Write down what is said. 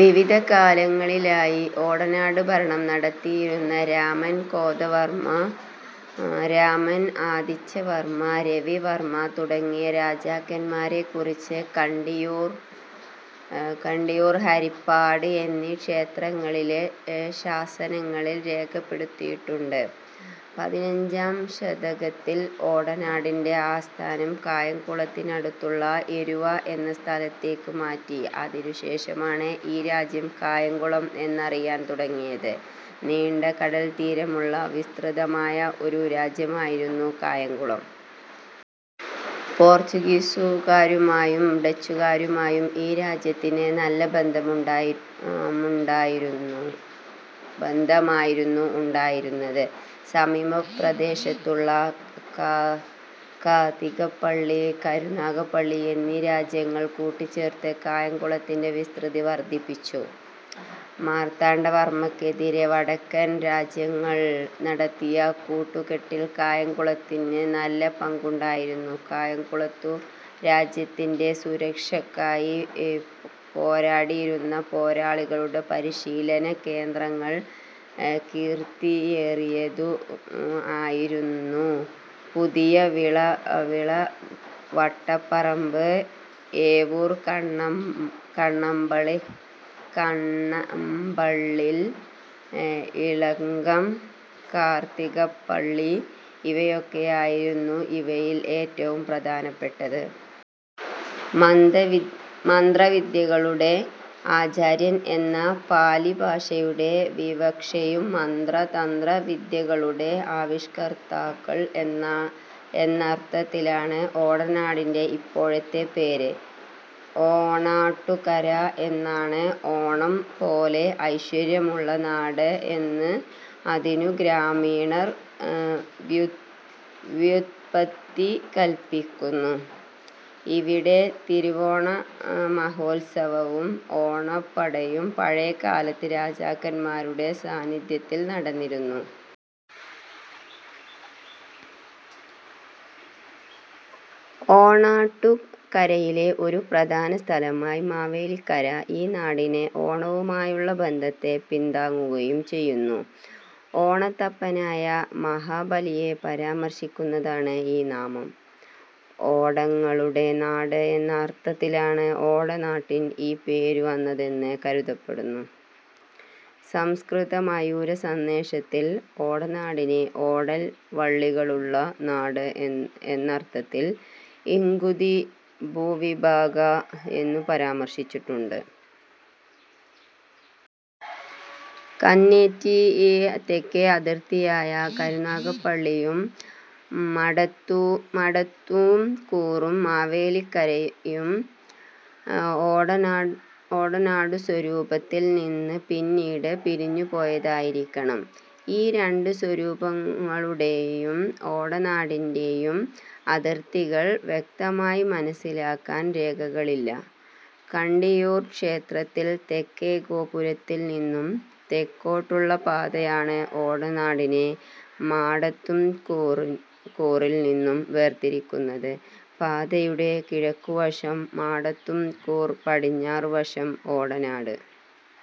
വിവിധകാലങ്ങളിലായി ഓടനാട് ഭരണം നടത്തിയിരുന്ന രാമൻ കോതവർമ്മ, രാമൻ ആതിച്ചവർമ്മ, രവിവർമ്മ തുടങ്ങിയ രാജാക്കന്മാരെക്കുറിച്ച് കണ്ടിയൂർ, ഹരിപ്പാട് എന്നീ ക്ഷേത്രങ്ങളിലെ ശാസനങ്ങളിൽ രേഖപ്പെടുത്തിയിട്ടുണ്ട്. പതിഞ്ചാം ശതകത്തിൽ ഓടനാടിന്റെ ആസ്ഥാനം കായംകുളത്തിനടുത്തുള്ള എരുവ എന്ന സ്ഥലത്തേക്ക് മാറ്റി. അതിനുശേഷമാണ് ഈ രാജ്യം കായംകുളം എന്നറിയാൻ തുടങ്ങിയത്. നീണ്ടകടൽത്തീരമുള്ള വിസ്തൃതമായ ഒരു രാജ്യമായിരുന്നു കായംകുളം. പോർച്ചുഗീസുകാരുമായും ഡച്ചുകാരുമായും ഈ രാജ്യത്തിന് നല്ല ബന്ധമായിരുന്നു ഉണ്ടായിരുന്നത്. സമീപപ്രദേശത്തുള്ള കാത്തികപ്പള്ളി, കരുനാഗപ്പള്ളി എന്നീ രാജ്യങ്ങൾ കൂട്ടിച്ചേർത്ത് കായംകുളത്തിന്റെ വിസ്തൃതി വർദ്ധിപ്പിച്ചു. മാർത്താണ്ഡവർമ്മയ്ക്കെതിരെ വടക്കൻ രാജ്യങ്ങൾ നടത്തിയ കൂട്ടുകെട്ടിൽ കായംകുളത്തിന് നല്ല പങ്കുണ്ടായിരുന്നു. കായംകുളത്തു രാജ്യത്തിന്റെ സുരക്ഷക്കായി പോരാടിയിരുന്ന പോരാളികളുടെ പരിശീലനകേന്ദ്രങ്ങൾ കീർത്തിയേറിയതു ആയിരുന്നു പുതിയവിള വട്ടപ്പറമ്പ്, ഏവൂർ കണ്ണമ്പള്ളിൽ, ഇലങ്കം, കാർത്തികപ്പള്ളി ഇവയൊക്കെ ആയിരുന്നു ഇവയിൽ ഏറ്റവും പ്രധാനപ്പെട്ടത്. മന്ത്രവിദ്യകളുടെ ആചാര്യൻ എന്ന പാലി ഭാഷയുടെ വിവക്ഷയും മന്ത്ര തന്ത്ര വിദ്യകളുടെ ആവിഷ്കർത്താക്കൾ എന്നർത്ഥത്തിലാണ്. ഓടനാടിന്റെ ഇപ്പോഴത്തെ പേര് ഓണാട്ടുകര എന്നാണ്. ഓണം പോലെ ഐശ്വര്യമുള്ള നാട് എന്ന് അതിനു ഗ്രാമീണർ വ്യുത്പത്തി കല്പിക്കുന്നു. ഇവിടെ തിരുവോണ മഹോത്സവവും ഓണപ്പടയും പഴയകാലത്ത് രാജാക്കന്മാരുടെ സാന്നിധ്യത്തിൽ നടന്നിരുന്നു. ഓണാട്ടുകരയിലെ ഒരു പ്രധാന സ്ഥലമായ് മാവേലിക്കര, ഈ നാടിന് ഓണവുമായുള്ള ബന്ധത്തെ പിൻതാങ്ങുകയും ചെയ്യുന്നു. ഓണത്തപ്പനായ മഹാബലിയെ പരാമർശിക്കുന്നതാണ് ആ നാമം. ഓടങ്ങളുടെ നാട് എന്ന അർത്ഥത്തിലാണ് ഓടനാടിൻ ഈ പേരു വന്നതെന്ന് കരുതപ്പെടുന്നു. സംസ്കൃത മയൂരസന്ദേശത്തിൽ ഓടനാടിനെ ഓടൽ വള്ളികളുള്ള നാട് എന്നർഥത്തിൽ ഇംഗുദി ഭൂവിഭാഗാഃ എന്നു പരാമർശിച്ചിട്ടുണ്ട്. കന്നേറ്റി തെക്കേ അതിർത്തിയായ കരുനഗപ്പള്ളി യും മടത്തൂംകൂറും മാവേലിക്കര യും ഓടനാടു സ്വരൂപത്തിൽ നിന്ന് പിന്നീട് പിരിഞ്ഞുപോയതായിരിക്കണം. ഈ രണ്ടു സ്വരൂപങ്ങളുടെയും ഓടനാടിന്റെയും അതിർത്തികൾ വ്യക്തമായി മനസ്സിലാക്കാൻ രേഖകളില്ല. കണ്ടിയൂർ ക്ഷേത്രത്തിന്റെ തെക്കേഗോപുരത്തിൽ നിന്നും തെക്കോട്ടുള്ള പാതയാണ് ഓടനാടിനെ മാടത്തുംകൂറിൽനിന്നും വേർതിരിക്കുന്നത്; പാതയുടെ കിഴക്കുവശം മാടത്തുംകൂർ, പടിഞ്ഞാറുവശം ഓടനാട്.